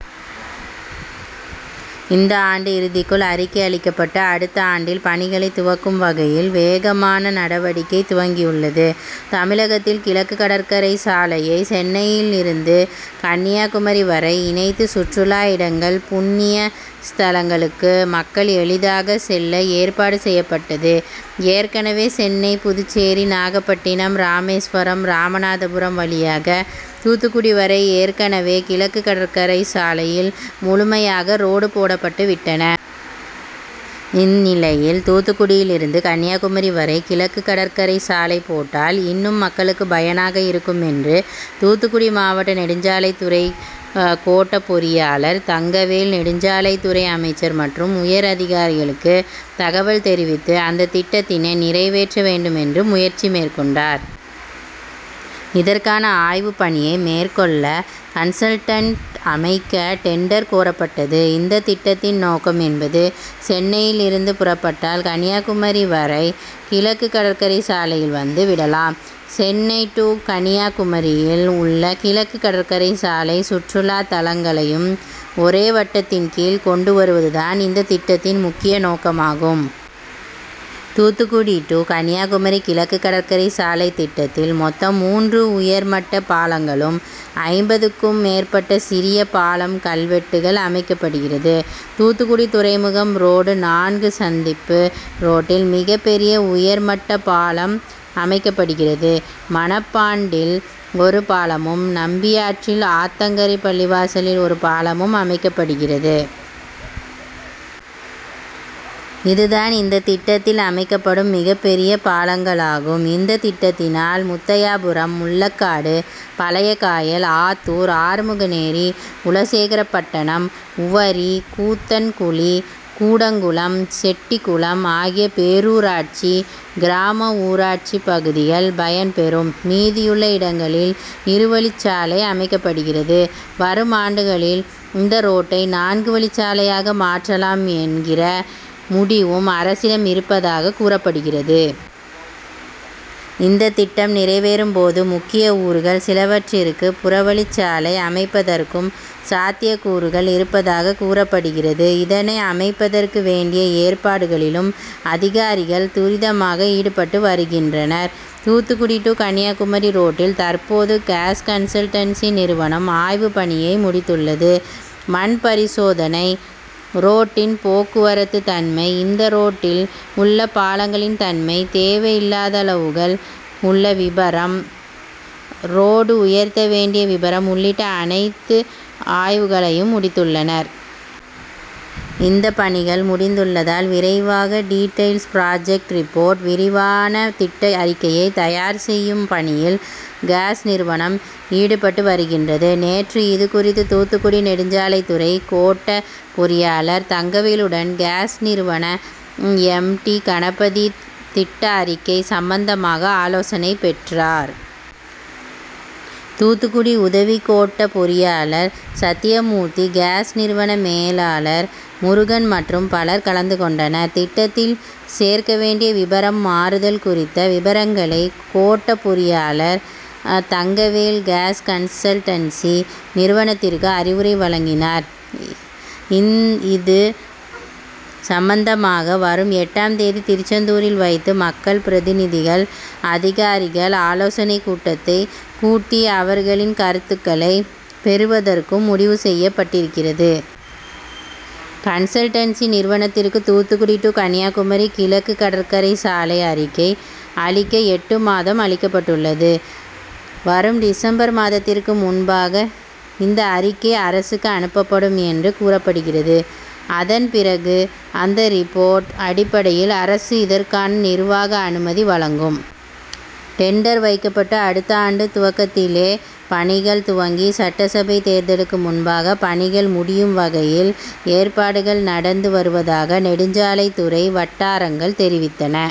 இந்த ஆண்டு இறுதிக்குள் அறிக்கை அளிக்கப்பட்டு அடுத்த ஆண்டில் பணிகளை துவக்கும் வகையில் வேகமான நடவடிக்கை துவங்கியுள்ளது. தமிழகத்தில் கிழக்கு கடற்கரை சாலையை சென்னையில் இருந்து கன்னியாகுமரி வரை இணைத்து சுற்றுலா இடங்கள், புண்ணிய ஸ்தலங்களுக்கு மக்கள் எளிதாக செல்ல ஏற்பாடு செய்யப்பட்டது. ஏற்கனவே சென்னை, புதுச்சேரி, நாகப்பட்டினம், ராமேஸ்வரம், ராமநாதபுரம் வழியாக தூத்துக்குடி வரை ஏற்கனவே கிழக்கு கடற்கரை சாலையில் முழுமையாக ரோடு போடப்பட்டு விட்டன. இந் நிலையில் தூத்துக்குடியில் இருந்து கன்னியாகுமரி வரை கிழக்குகடற்கரை சாலை போட்டால் இன்னும் மக்களுக்கு பயனாக இருக்கும் என்று தூத்துக்குடி மாவட்ட நெடுஞ்சாலைத்துறை கோட்ட பொறியாளர் தங்கவேல், நெடுஞ்சாலைத்துறை அமைச்சர் மற்றும் உயர் அதிகாரிகளுக்கு தகவல் தெரிவித்து, அந்த திட்டத்தினை நிறைவேற்ற வேண்டும் என்று முயற்சி மேற்கொண்டார். இதற்கான ஆய்வுப் பணியை மேற்கொள்ள கன்சல்டன்ட் அமைக்க டெண்டர் கோரப்பட்டது. இந்த திட்டத்தின் நோக்கம் என்பது சென்னையில் இருந்து புறப்பட்டால் கன்னியாகுமரி வரை கிழக்கு கடற்கரை சாலையில் வந்து விடலாம். சென்னை டூ கன்னியாகுமரியில் உள்ள கிழக்கு கடற்கரை சாலை சுற்றுலா தலங்களையும், ஆன்மிக முக்கிய திருத்தலங்களையும் ஒரே வட்டத்தின் கீழ் கொண்டுவருவது தான் இந்த திட்டத்தின் முக்கிய நோக்கமாகும். தூத்துக்குடி டூ கன்னியாகுமரி கிழக்கு கடற்கரை சாலை திட்டத்தில் மொத்தம் மூன்று உயர்மட்ட பாலங்களும், ஐம்பதுக்கும் மேற்பட்ட சிறிய பாலம், கல்வெட்டுகள் அமைக்கப்படுகிறது. தூத்துக்குடி துறைமுகம் ரோடு நான்கு சந்திப்பு ரோட்டில் மிகப் பெரிய உயர்மட்ட பாலம் அமைக்கப்படுகிறது. மணப்பாண்டில் ஒரு பாலமும், நம்பியாற்றில், ஆத்தங்கரை பள்ளிவாசலில் ஒரு பாலமும் அமைக்கப்படுகிறது. இது தான் இந்த திட்டத்தில் அமைக்கப்படும் மிகப் பெரிய பாலங்களாகும். இந்த திட்டத்தினால் முத்தையாபுரம், முள்ளக்காடு, பழையகாயல், ஆத்தூர், ஆறுமுகநேரி, குலசேகரப்பட்டணம், உவரி, கூத்தன்குளி, கூடங்குளம், செட்டிகுளம் ஆகிய பேரூராட்சி, கிராம ஊராட்சி பகுதிகள் பயன் பெறும். மீதியுள்ள இடங்களில் இருவழிச்சாலை அமைக்கப்படுகிறது. வரும் ஆண்டுகளில் இந்த ரோட்டை நான்கு வழிச்சாலையாக மாற்றலாம் என்கிற முடிவும் அரசிடம் இருப்பதாக கூறப்படுகிறது. இந்த திட்டம் நிறைவேறும் போது முக்கிய ஊர்கள் சிலவற்றிற்கு புறவழிச்சாலை அமைப்பதற்கும் சாத்தியக்கூறுகள் இருப்பதாக கூறப்படுகிறது. இதனை அமைப்பதற்கு வேண்டிய ஏற்பாடுகளிலும் அதிகாரிகள் துரிதமாக ஈடுபட்டு வருகின்றனர். தூத்துக்குடி டூ கன்னியாகுமரி ரோட்டில் தற்போது காஸ் கன்சல்டன்சி நிறுவனம் ஆய்வு பணியை முடித்துள்ளது. மண்பரிசோதனை, ரோட்டின் போக்குவரத்து தன்மை, இந்த ரோட்டில் உள்ள பாலங்களின் தன்மை, தேவையில்லாத ளவுகள் உள்ள விபரம், ரோடு உயர்த்த வேண்டிய விபரம் உள்ளிட்ட னத்து ஆய்வுகளையும் முடி த் துள்ளனர். இந்த பணிகள் முடிந்துள்ளதால் விரைவாக டீடெய்ல்ஸ் புராஜெக்ட் ரிப்போர்ட் விரிவான திட்ட அறிக்கையை தயார் செய்யும் பணியில் காஸ் நிறுவனம் ஈடுபட்டு வருகின்றது. நேற்று இது குறித்து தூத்துக்குடி நெடுஞ்சாலைத்துறை கோட்ட பொறியாளர் தங்கவேலுடன் காஸ் நிறுவன எம். டி கணபதி திட்ட அறிக்கை சம்பந்தமாக ஆலோசனைகள் பெற்றார். தூத்துக்குடி உத வி கோட்ட பொறியாளர் சத்தியமூர்த்தி, காஸ் நிறுவன மேலாளர் முருகன் மற்றும் பலர் கலந்து கொண்டனர். திட்டத்தில் சேர்க்க வேண்டிய விபரம், மாறுதல் குறி த்த விபரங்களை கோட்ட பொறியாளர் தங்கவேல் காஸ் கன்சல்டன்சி நிறுவனத்திற்கு அறிவுரை வழங்கினார். இது சம்பந்தமாக வரும் எட்டாம் தேதி திருச்செந்தூரில் வைத்து மக்கள் பிரதிநிதிகள், அதிகாரிகள் ஆலோசனைக் கூட்டத்தை கூட்டி அவர்களின் கருத்துக்களை பெறுவதற்கும் முடிவு செய்யப்பட்டிருக்கிறது. கன்சல்டன்சி நிறுவனத்திற்கு தூத்துக்குடி டூ கன்னியாகுமரி கிழக்கு கடற்கரை சாலை அறிக்கை அளிக்க எட்டு மாதம் அளிக்கப்பட்டுள்ளது. வரும் டிசம்பர் மாதத்திற்கு முன்பாக இந்த அறி க்கை அரசுக்கு அனுப்பப்படும் என்று கூறப்படுகிறது. அத ன் பிறகு அந்த ரிப்போர்ட் அடிப்படையில் அரசு இதற்கான நிர்வாக அனுமதி வழங்கும். டெண்டர் வைக்கப்பட்டு அடுத்த ஆண்டு துவக்கத்திலே பணிகள் துவ ங்கி சட்டசபை தேர்தலுக்கு முன்பாக பணிகள் முடியும் வகையில் ஏற்பாடுகள் நடந் து வருவதாக நெடுஞ்சாலை த்துறை வட்டாரங்கள் தெரிவித்தன.